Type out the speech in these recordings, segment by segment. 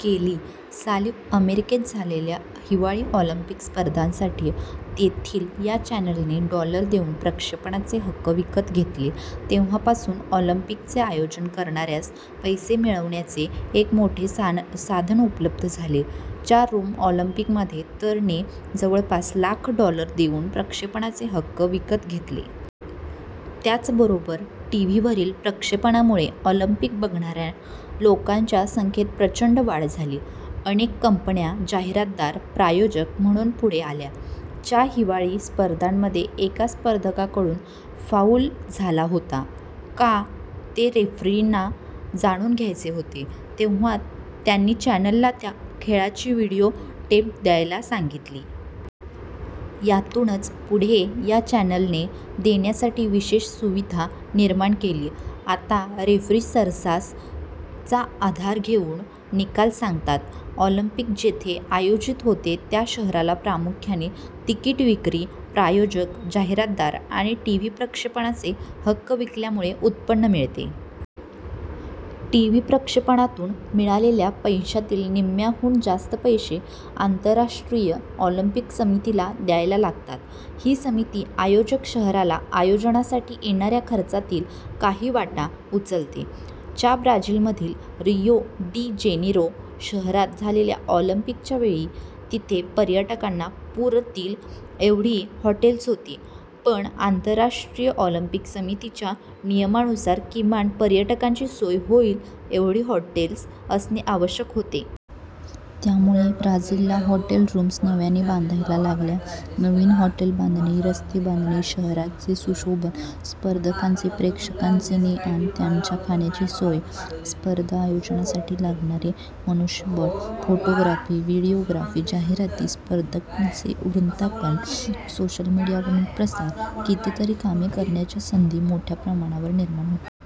केली. साली अमेरिकेत झालेल्या हिवाळी ऑलिम्पिक स्पर्धांसाठी तेथील या चॅनलने डॉलर देऊन प्रक्षेपणाचे हक्क विकत घेतले. तेव्हापासून ऑलिम्पिकचे आयोजन करणाऱ्यास पैसे मिळवण्याचे एक मोठे साधन उपलब्ध झाले. च्या रोम ऑलिम्पिकमध्ये तर ने जवळपास लाख डॉलर देऊन प्रक्षेपणाचे हक्क विकत घेतले. त्याचबरोबर टीव्हीवरील प्रक्षेपणामुळे ऑलिम्पिक बघणाऱ्या लोकांच्या संख्येत प्रचंड वाढ झाली. अनेक कंपन्या जाहिरातदार/प्रायोजक म्हणून पुढे आल्या. च्या हिवाळी स्पर्धांमध्ये एका स्पर्धकाकडून फाऊल झाला होता का, ते रेफ्रींना जाणून घ्यायचे होते. तेव्हा त्यांनी चॅनलला त्या खेळाची व्हिडिओ टेप द्यायला सांगितली. यातूनच पुढे या चॅनलने देण्यासाठी विशेष सुविधा निर्माण केली. आता रेफ्री सर्रास चा आधार घेऊन निकाल सांगतात. ऑलिम्पिक जिथे आयोजित होते त्या शहराला प्रामुख्याने तिकीट विक्री, प्रायोजक, जाहिरातदार आणि टीव्ही प्रक्षेपणाचे हक्क विकल्यामुळे उत्पन्न मिळते. टीव्ही प्रक्षेपणातून मिळालेल्या पैशांतील निम्म्याहून जास्त पैसे आंतरराष्ट्रीय ऑलिम्पिक समितीला द्यायला लागतात. ही समिती, आयोजक शहराला आयोजनासाठी येणाऱ्या खर्चातील काही वाटा उचलते. च्या ब्राझीलमधील रियो डी जेनेरो शहरात झालेल्या ऑलिम्पिकच्या वेळी तिथे पर्यटकांना पुरतील एवढी हॉटेल्स होती, पण आंतरराष्ट्रीय ऑलिम्पिक समितीच्या नियमानुसार किमान पर्यटकांची सोय होईल एवढी हॉटेल्स असणे आवश्यक होते. त्यामुळे ब्राझीलला हॉटेल रूम्स नव्याने बांधायला लागल्या. नवीन हॉटेल बांधणी, रस्ते बांधणी, शहराचे सुशोभन, स्पर्धकांची, प्रेक्षकांची ने-आण, त्यांच्या खाण्याची सोय, स्पर्धा आयोजनासाठी लागणारे मनुष्यबळ, फोटोग्राफी, व्हिडिओग्राफी, जाहिराती, स्पर्धांचे वृत्तांकन, सोशल मीडियावरून प्रसार... कितीतरी कामे करण्याच्या संधी मोठ्या प्रमाणावर निर्माण होतात.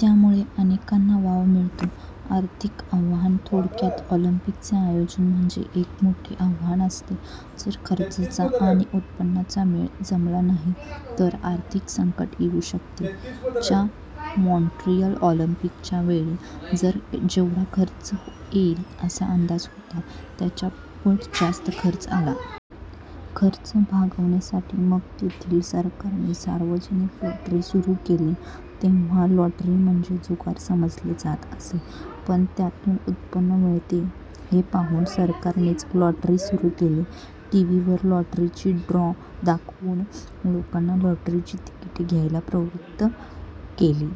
त्यामुळे अनेकांना वाव मिळतो. आर्थिक आव्हान थोडक्यात, ऑलिम्पिकचे आयोजन म्हणजे एक मोठे आव्हान असते. जर खर्चाचा आणि उत्पन्नाचा मेळ जमला नाही तर आर्थिक संकट येऊ शकते. च्या मॉन्ट्रियल ऑलिम्पिकच्या वेळी तर जेवढा खर्च येईल असा अंदाज होता, त्याच्या पट जास्त खर्च आला. खर्च भागवण्यासाठी मग तेथील सरकारने सार्वजनिक लॉटरी सुरू केली. तेव्हा लॉटरी म्हणजे जुगार समजले जात असे, पण त्यातून उत्पन्न मिळते हे पाहून सरकारनेच लॉटरी सुरू केली. टीव्हीवर लॉटरीचा ड्रॉ दाखवून लोकांना लॉटरीची तिकिटे घ्यायला प्रवृत्त केले.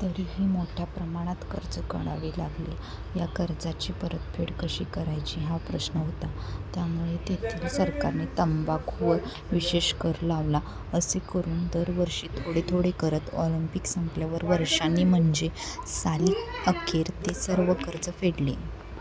तरीही मोठ्या प्रमाणात कर्ज काढावे लागले. या कर्जाची परतफेड कशी करायची हा प्रश्न होता. त्यामुळे तेथील सरकारने तंबाखूवर विशेष कर लावला. असे करून दर वर्षी थोडे-थोडे करत ऑलिम्पिक संपल्यावर वर्षांनी म्हणजे साली अखेर ते सर्व कर्ज फेडले.